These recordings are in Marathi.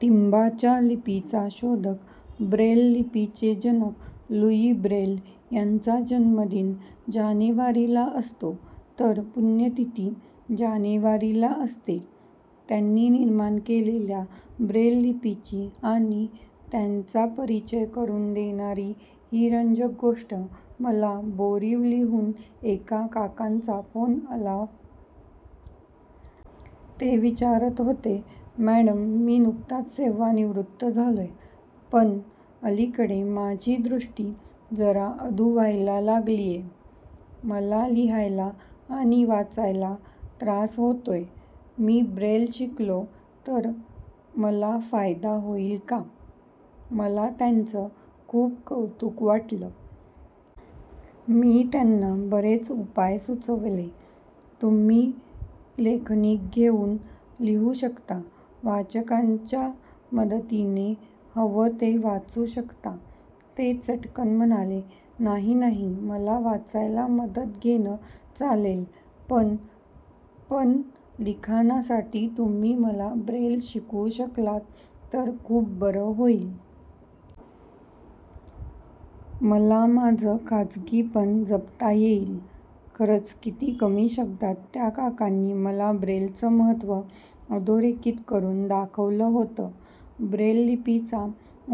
टिंबांच्या लिपीचा शोधक ब्रेल लिपीचे जनक लुई ब्रेल यांचा जन्मदिन जानेवारीला असतो, तर पुण्यतिथी जानेवारीला असते त्यांनी निर्माण केलेल्या ब्रेल लिपीची आणि त्यांचा परिचय करून देणारी ही रंजक गोष्ट- मला बोरिवलीहून एका काकांचा फोन आला. ते विचारत होते, "मॅडम, मी नुकताच सेवानिवृत्त झालोय. पण, अलीकडे माझी दृष्टी जरा अधू व्हायला लागलीये. मला लिहायला आणि वाचायला त्रास होतोय. मी ब्रेल शिकलो तर मला फायदा होईल का? " मला त्यांचं खूप कौतुक वाटलं. मी त्यांना बरेच उपाय सुचवले. तुम्ही लेखनिक घेऊन लिहू शकता, वाचकाच्या मदतीने हवं ते वाचू शकता... ते चटकन म्हणाले, "नाही नाही. मला वाचायला मदत घेणं चालेल पण, पण लिखाणासाठी तुम्ही मला ब्रेल शिकवू शकलात तर खूप बरं होईल. मला माझं खाजगीपण जपता येईल. " खरंच, किती कमी शब्दांत त्या काकांनी मला ब्रेलचं महत्त्व अधोरेखित करून दाखवलंहोतं! ब्रेललिपीचा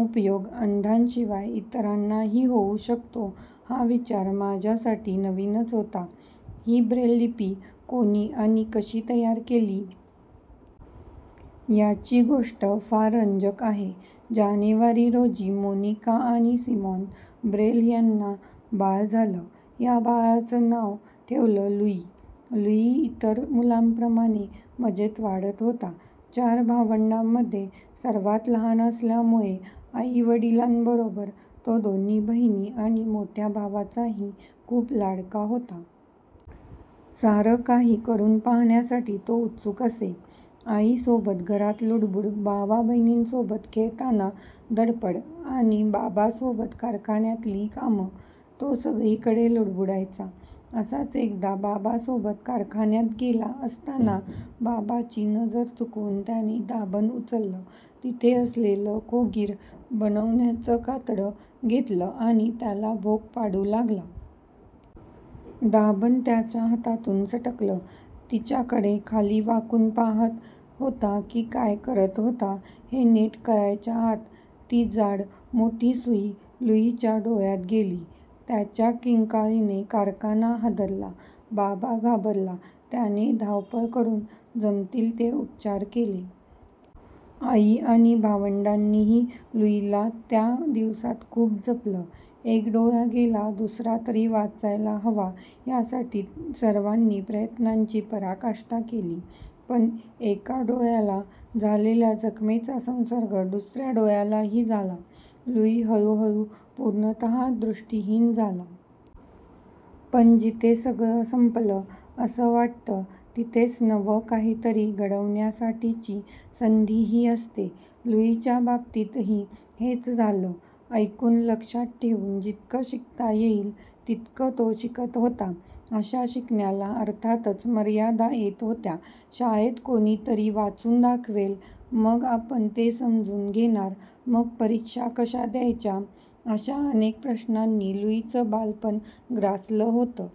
उपयोग अंधांशिवाय इतरांनाही होऊ शकतो, हा विचार माझ्यासाठी नवीनच होता. ही ब्रेल लिपी कोणी आणि कशी तयार केली? याची गोष्ट फार रंजक आहे. जानेवारी रोजी मोनिक आणि सिमॉन ब्रेल यांना बाळ झालं. या बाळाचं नाव ठेवलं लुई. लुई इतर मुलांप्रमाणेच मजेत वाढत होता. चार भावंडांमध्ये सर्वांत लहान असल्यामुळे आई-वडिलांबरोबरच तो दोन्ही बहिणी आणि मोठ्या भावाचाही खूप लाडका होता. सारं काही करून पाहण्यासाठी तो उत्सुक असे. आईसोबत घरात लुडबूड, भावाबहिणींसोबत खेळताना धडपड आणि बाबासोबत कारखान्यातली कामं. तो सगळीकडे लुडबुडायचा. असाच एकदा बाबासोबत कारखान्यात गेला असताना बाबाची नजर चुकवून त्याने दाभण उचललं. तिथे असलेलं खोगिर बनवण्याचं कातडं घेतलं आणि त्याला भोक पाडू लागला. दाभण त्याच्या हातातून सटकलं. तिच्याकडे खाली वाकून पाहात होता की काय करत होता, हे नीट कळायच्या आत ती जाड, मोठी सुई लुईच्या डोळ्यात गेली. त्याच्या किंकाळीने कारखाना हादरला. बाबा घाबरला. त्याने धावपळ करून जमतील ते उपचार केले. आई आणि भावंडांनीही लुईला त्या दिवसांत खूप जपलं. 'एक डोळा गेला, दुसरा तरी वाचायला हवा' यासाठी सर्वांनी प्रयत्नांची पराकाष्ठा केली. पण, एका डोळ्याला झालेल्या जखमेचा संसर्ग दुसऱ्या डोळ्यालाही झाला. लुई हळूहळू पूर्णतः दृिष्टहीन झाला...... पण, जिथे सगळं संपलं असं वाटतं, तिथेच नवं काहीतरी घडवण्यासाठीची संधीही असते. लुईच्या बाबतीतही हेच झालं. ऐकून, लक्षातठेवून जितकं शिकता येईल तितकं तो शिकत होता. अशा शिकण्याला अर्थातच मर्यादा येत होत्या. शाळेत कोणीतरी वाचून दाखवेल, मग, आपण तेसमजून घेणार, मग, परीक्षा कशा द्यायच्या? अशा अनेक प्रश्नांनी लुईचं बालपण ग्रासलं होतं.